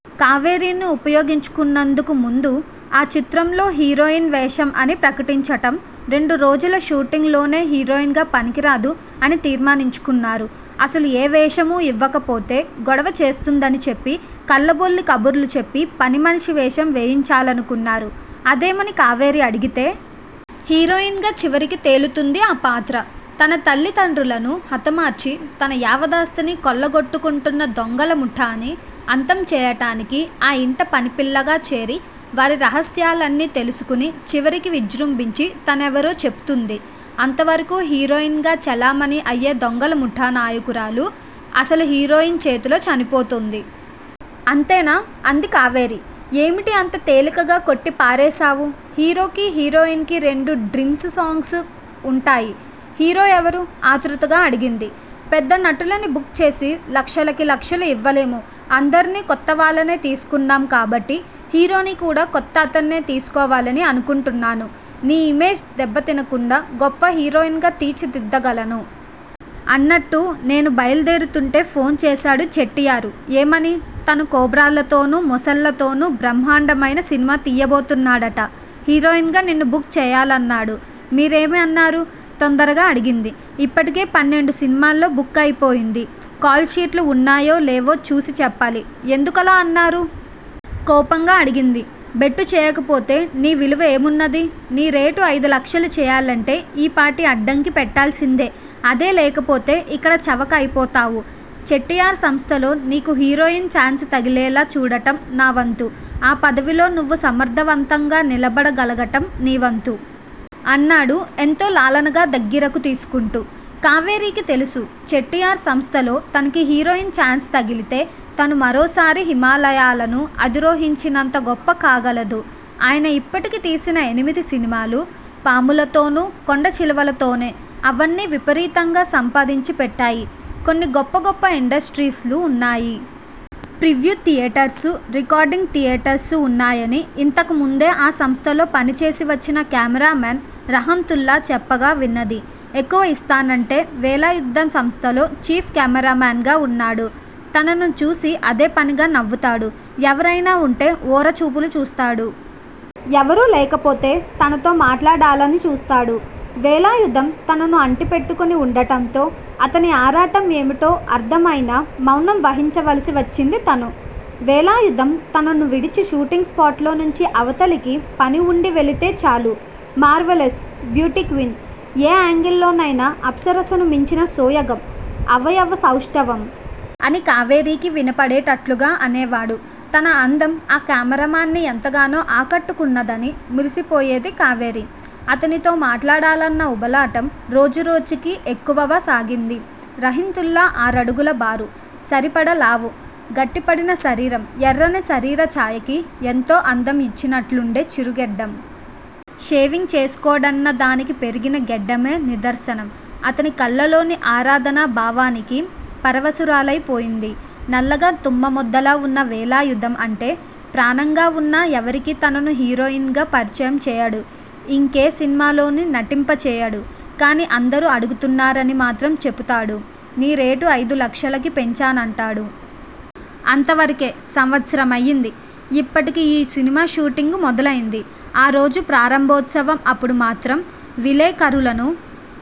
కావేరీని ఉపయోగించుకున్నందుకు ముందు ఆ చిత్రంలో హీరోయిం వేషం అని ప్రకటించటం, రెండు రోజుల షూటింగ్ లోనే హీరోయిన్ గా పనికిరాదు, అని తీర్మానించుకున్నారు. అసలు ఏ వేషమూ యివ్వకపోతే గొడవ చేస్తుందని చెప్పి కల్లబొల్లి కబుర్లు చెప్పి పనిమనిషి వేషం వేయించాలనుకున్నారు. అదేమని కావేరీ అడిగితే? హీరోయిన్ గా చివరికి తేలుతుంది ఆ పాత్ర! తనతల్లి తండ్రులను హతమార్చి తన యావదాస్తినీ కొల్లగొట్టుకుంటున్న దొంగల ముఠాని అంతం చేయటానికి ఆ ఇంట పనిపిల్లగా చేరి వారి రహస్యాలన్నీ తెలుసుకుని చివరికి విజ్రుంభించి తనెవరో చెప్పుతుంది! అంతవరకూ హీరోయిన్ గా చెలామణి అయ్యే దొంగలముఠా నాయకురాలు అసలు హీరోయిన్ చేతిలో చనిపోతుంది! అంతేనా? అంది కావేరి! ఏమిటి అంత తేలికగా కొట్టి పారవేశావు? హీరోకి హీరోయిన్ కి రెండు డ్రీమ్సు సాంగ్సు వుంటాయి. హీరో ఎవరూ? ఆత్రుతగా అడిగింది. పెద్ద నటులని బుక్ చేసి లక్షలకి లక్షలు యివ్వలేము! అందరినీ కొత్తవాళ్ళనే తీసుకున్నాం కాబట్టి హీరోని కూడా కొత్త అతన్నే తీసుకోవాలని అనుకుంటున్నాను నీ ఇమేజ్ దెబ్బతినకుండా గొప్ప హీరోయిన్ గా తీర్చిదిద్దగలను. అన్నట్టు నేను బయలుదేరుతుంటే ఫోన్ చేశాడు చెట్టియారు ఏమని? తను కోబ్రాలతోను మొసళ్ళతోనూ బ్రహ్మాండమయిన సినిమా తీయబోతున్నాడట! హీరోయిన్ గా నిన్ను బుక్ చేయాలన్నాడు? మీరేమి అన్నారు? తొందరగా అడిగింది. ఇప్పటికే పన్నెండు సినిమాల్లో బుక్ అయిపోయింది. కాల్షీటులు వున్నవో? లేవో చూసి చెప్పాలి! ఎందుకలా అన్నారు? కోపంగా అడిగింది. బెట్టుచేయకపోతే నీవిలువ ఏమున్నది? నీరేటు అయిదు లక్షలు చేయాలంటే ఈపాటి అడ్డంకి పెట్టాల్సిందే? అదే లేకపోతే ఇక్కడ చవక అయిపోతావు! చెట్టియార్ సంస్థలో నీకు హీరోయిన్ ఛాన్సుతగిలేలా చూడటం నా వంతు! ఆ పదవిలో నువ్వు సమర్ధవంతంగా నిలబడ గలగటం నీ వంతు! అన్నాడు ఎంతో లాలనగా దగ్గిరకు తీసుకుంటూ! కావేరీకి తెలుసు! చెట్టియార్ సంస్థలో తనకి హీరోయిన్ ఛాన్సు తగిలితే తను మరోసారి హిమాలయాలను అధిరోహించినంత గొప్ప కాగలదు! ఆయన ఇప్పటికి తీసిన ఎనిమిది సినిమాలూ పాములతోనూ కొండ చిలువలతోనే! అవన్నీ విపరీతంగా సంపాదించి పెట్టాయి. కొన్ని గొప్ప గొప్ప ఇండస్ట్రీస్ లు వున్నాయి. ప్రివ్యు థియేటర్సు, రికార్డింగ్ థియేటర్సు వున్నాయని యింతకుముందే ఆ సంస్థలో పనిచేసి వచ్చిన కెమెరా మెన్ రహంతుళ్ళా చెప్పగా విన్నది. ఎక్కువ ఇస్తానంటే వేలాయుధం సంస్థలో చీఫ్ కెమెరామెన్ గా వున్నాడు. తనను చూసి అదే పనిగా నవ్వుతాడు. ఎవరయినా వుంటే ఓర చూపులు చూస్తాడు. ఎవరూ లేకపోతే తనతో మాట్లాడాలని చూస్తాడు. వేలాయుధం తనను అంటిపెట్టుకుని వుండటంతో అతని ఆరాటం ఏమిటో అర్ధం అయినా మౌనం వహించవలసి వచ్చింది తను! వేలాయుధం తనను విడిచి షూటింగ్ స్పాట్ లో నుంచి అవతలికి పని వుండి వెళ్ళితే చాలు! మార్వలెస్! బ్యూటీక్వీన్? ఏ యాంగిల్ లోనయినా అప్సరసను మించిన సోయగం, అవయవ సౌష్టవం! అని కావేరీకి వినపడేటట్లుగా అనేవాడు. తన అందం ఆ కెమెరామెన్ ని ఎంతగానో ఆ కట్టుకున్నదని మురిసిపోయేది కావేరి! అతనితో మాట్లాడాలన్న ఉబలాటం రోజురోజుకీ ఎక్కువవసాగింది. రహింతుల్లా ఆరడుగుల బారు, సరిపడ లావు, గట్టిపడిన శరీరం, ఎర్రని శరీర చాయకి ఎంతో అందం యిచ్చినట్లుండే చిరుగెడ్డం. షేవింగ్ చేసుకోడన్న దానికి పెరిగిన గెడ్డమే నిదర్సనం! అతని కళ్ళల్లోని ఆరాధనా భావానికి పరవశురాలయి పోయింది. నల్లగా తుమ్మ మొద్దులా వున్న వేలాయుధం అంటే ప్రాణంగావున్నా ఎవరికీ తనను హీరోయిన్ గా పరిచయం చేయడు. యింకే సినిమాలోనూ నటింపచేయడు. కాని అందరూ అడుగుతున్నారని మాత్రం చెప్పుతాడు-నీ రేటు అయిదు లక్షలకి పెంచానంటాడు. అంతవరకే! సంవత్సరం అయింది. యిప్పటికి ఈ సినిమా షూటింగు మొదలయింది. ఆరోజు ప్రారంభోత్సవం అప్పుడు మాత్రం విలేఖరులను